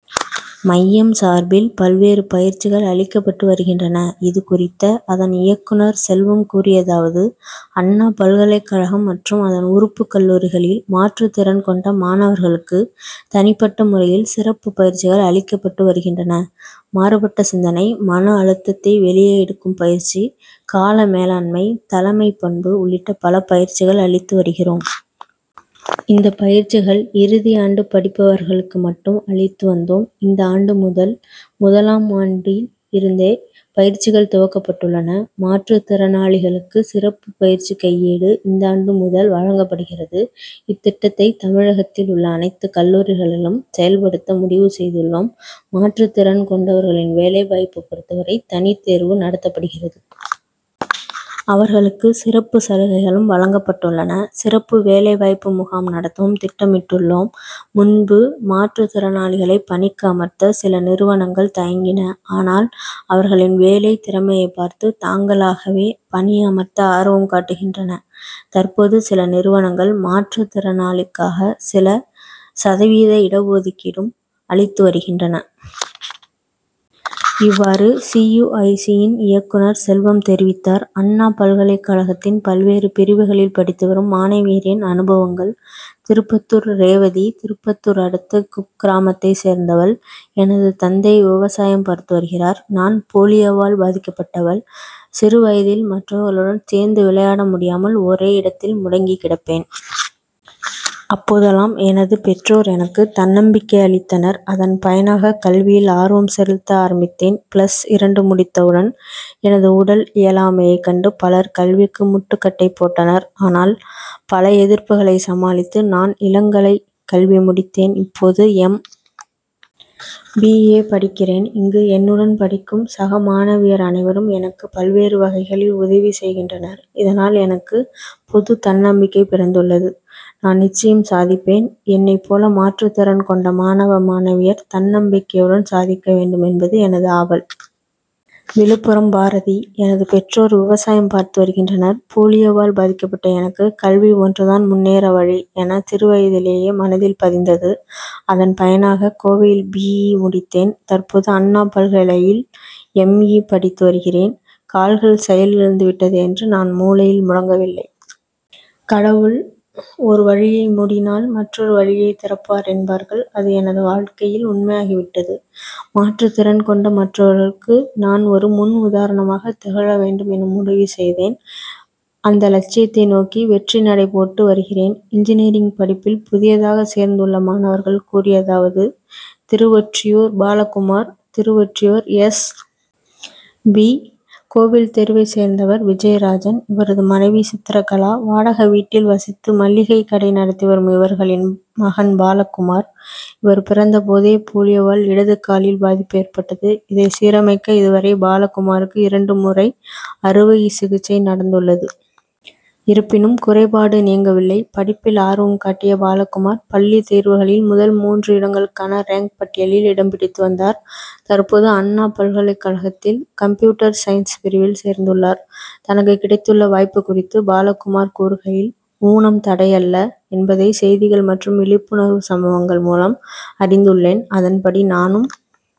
மையம் சார்பில் பல்வேறு பயிற்சிகள் அளிக்கப்பட்டு வருகின்றன. இது குறித்த அதன் இயக்குனர் செல்வம் கூறியதாவது அண்ணா பல்கலைக் கழகம் மற்றும் அதன் உறுப்புக் கல்லூரிகளில் மாற்றுத் திறன் கொண்ட மாணவர்களுக்கு தனிப்பட்ட முறையில் சிறப்பு பயிற்சிகள் அளிக்கப்பட்டு வருகின்றன. மாறுபட்ட சிந்தனை, மன அழுத்தத்தை வெளியே எடுக்கும் பயற்சி, கால மேலாண்மை, தலைமைப் பண்பு உள்ளிட்ட பல பயிற்சிகள் அளித்து வருகிறோம். இந்த பயிற்சிகள் இறுதி ஆண்டு படிப்பவர்களுக்கு மட்டும் அளித்து வந்தோம். இந்த ஆண்டு முதல் முதலாம் ஆண்டில் இருந்தே பயிற்சிகள் துவக்கப்பட்டுள்ளன. மாற்றுத் திறனாளிகளுக்கு சிறப்பு பயற்சி கையேடு இந்தாண்டு முதல் வழங்கப்படுகிறது. இத்திட்டத்தை தமிழகத்தில் உள்ள அனைத்து கல்லூரிகளிலும் செயல்படுத்த முடிவு செய்துள்ளோம். மாற்றுத் திறன் கொண்டவர்களின் வேலை வாய்ப்பு பொறுத்தவரை தனி தேர்வு நடத்தப்படுகிறது. அவர்களுக்கு சிறப்பு சலுகைகளும் வழங்கப்படுகின்றன. சிறப்பு வேலை வாய்ப்பு முகாம் நடத்தவும் திட்டமிட்டுள்ளோம். முன்பு மாற்றுத் திறனாளிகளை பணிக்கு அமர்த்த சில நிறுவனங்கள் தயங்கின. ஆனால், அவர்களின் வேலை திறமையை பார்த்து தாங்களாகவே பணியமர்த்த ஆர்வம் காட்டுகின்றன. தற்போது, சில நிறுவனங்கள் மாற்றுத் திறனாளிகளுக்காக சில சதவீத இட ஒதுக்கீடும் அளித்து வருகின்றன. இவ்வாறு சி. யு. ஐ. சி., யின் இயக்குனர் செல்வம் தெரிவித்தார். அண்ணா பல்கலைக் கழகத்தில் பல்வேறு பிரிவுகளில் படித்து வரும் மாணவியரின் அனுபவங்கள் திருப்பத்தூர் ரேவதி திருப்பத்தூர் அடுத்த குக்கிராமத்தை சேர்ந்தவள். எனது தந்தை விவசாயம் பார்த்து வருகிறார். நான் போலியோவால் பாதிக்கப்பட்டவள். சிறு வயதில் மற்றவர்களுடன் சேர்ந்து விளையாட முடியாமல் ஒரே இடத்தில் முடங்கி கிடப்பேன். அப்போதெல்லாம் எனது பெற்றோர் எனக்கு தன்னம்பிக்கை அளித்தனர். அதன் பயனாக கல்வியில் ஆர்வம் செலுத்த ஆரம்பித்தேன். பிளஸ் இரண்டு முடித்தவுடன், எனது உடல் இயலாமையைக் கண்டு பலர் கல்விக்கு முட்டுக்கட்டை போட்டனர். ஆனால், பல எதிர்ப்புகளை சமாளித்து நான் இளநிலை கல்வி முடித்தேன். தற்போது, எம். பி. ஏ., படிக்கிறேன். இங்கு, என்னுடன் படிக்கும் சக மாணவியர் அனைவரும் எனக்கு பல்வேறு வகைகளில் உதவி செய்கின்றனர். இதனால், எனக்கு புது தன்னம்பிக்கை பிறந்துள்ளது. நான் நிச்சயம் சாதிப்பேன். என்னைப் போல மாற்றுத் திறன் கொண்ட மாணவ, மாணவியர் தன்னம்பிக்கையுடன் சாதிக்க வேண்டும் என்பது எனது ஆவல். விழுப்புரம் பாரதி எனது பெற்றோர் விவசாயம் பார்த்து வருகின்றனர். போலியோவால் பாதிக்கப்பட்ட எனக்கு கல்வி ஒன்றுதான் முன்னேற வழி என சிறுவயதிலேயே மனதில் பதிந்தது. அதன் பயனாக கோவையில் பி. இ., முடித்தேன். தற்போது, அண்ணா பல்கலையில் எம். இ., படித்து வருகிறேன். கால்கள் செயல் இழந்துவிட்டதே என்று நான் மூலையில் முடங்கிவிடவில்லை. கடவுள் ஒரு வழியை மூடினால் மற்றொரு வழியை திறப்பார் என்பார்கள் அது எனது வாழ்க்கையில் உண்மையாகிவிட்டது. மாற்றுத் திறன் கொண்ட மற்றவர்களுக்கு நான் ஒரு முன் உதாரணமாக திகழ வேண்டும் என முடிவு செய்தேன். அந்த லட்சியத்தை நோக்கி வெற்றி நடை போட்டு வருகிறேன். இன்ஜினியரிங் படிப்பில் புதியதாக சேர்ந்துள்ள மாணவர்கள் கூறியதாவது திருவொற்றியூர் பாலகுமார் திருவொற்றியூர், எஸ். பி.,கோவில் தெருவைச் சேர்ந்தவர் விஜயராஜன். இவரது மனைவி சித்திரகலா. வாடகை வீட்டில் வசித்து, மளிகை கடை நடத்தி வரும் இவர்களின் மகன் பாலகுமார். இவர் பிறந்த போதே போலியோவால் இடது காலில் பாதிப்பு ஏற்பட்டது. இதை சீரமைக்க இதுவரை பாலகுமாருக்கு இரண்டு முறை அறுவை சிகிச்சை நடந்துள்ளது. இருப்பினும் குறைபாடு நீங்கவில்லை. படிப்பில் ஆர்வம் காட்டிய பாலகுமார் பள்ளித் தேர்வுகளில் முதல் மூன்று இடங்களுக்கான ரேங்க் பட்டியலில் இடம் பிடித்து வந்தார். தற்போது, அண்ணா பல்கலை கழகத்தில் கம்ப்யூட்டர் சயின்ஸ் பிரிவில் சேர்ந்துள்ளார். தனக்கு கிடைத்துள்ள வாய்ப்பு குறித்து பாலகுமார் கூறுகையில், ஊனம் தடையல்ல என்பதை செய்திகள் மற்றும் விழிப்புணர்வு சம்பவங்கள் மூலம் அறிந்துள்ளேன். அதன்படி நானும்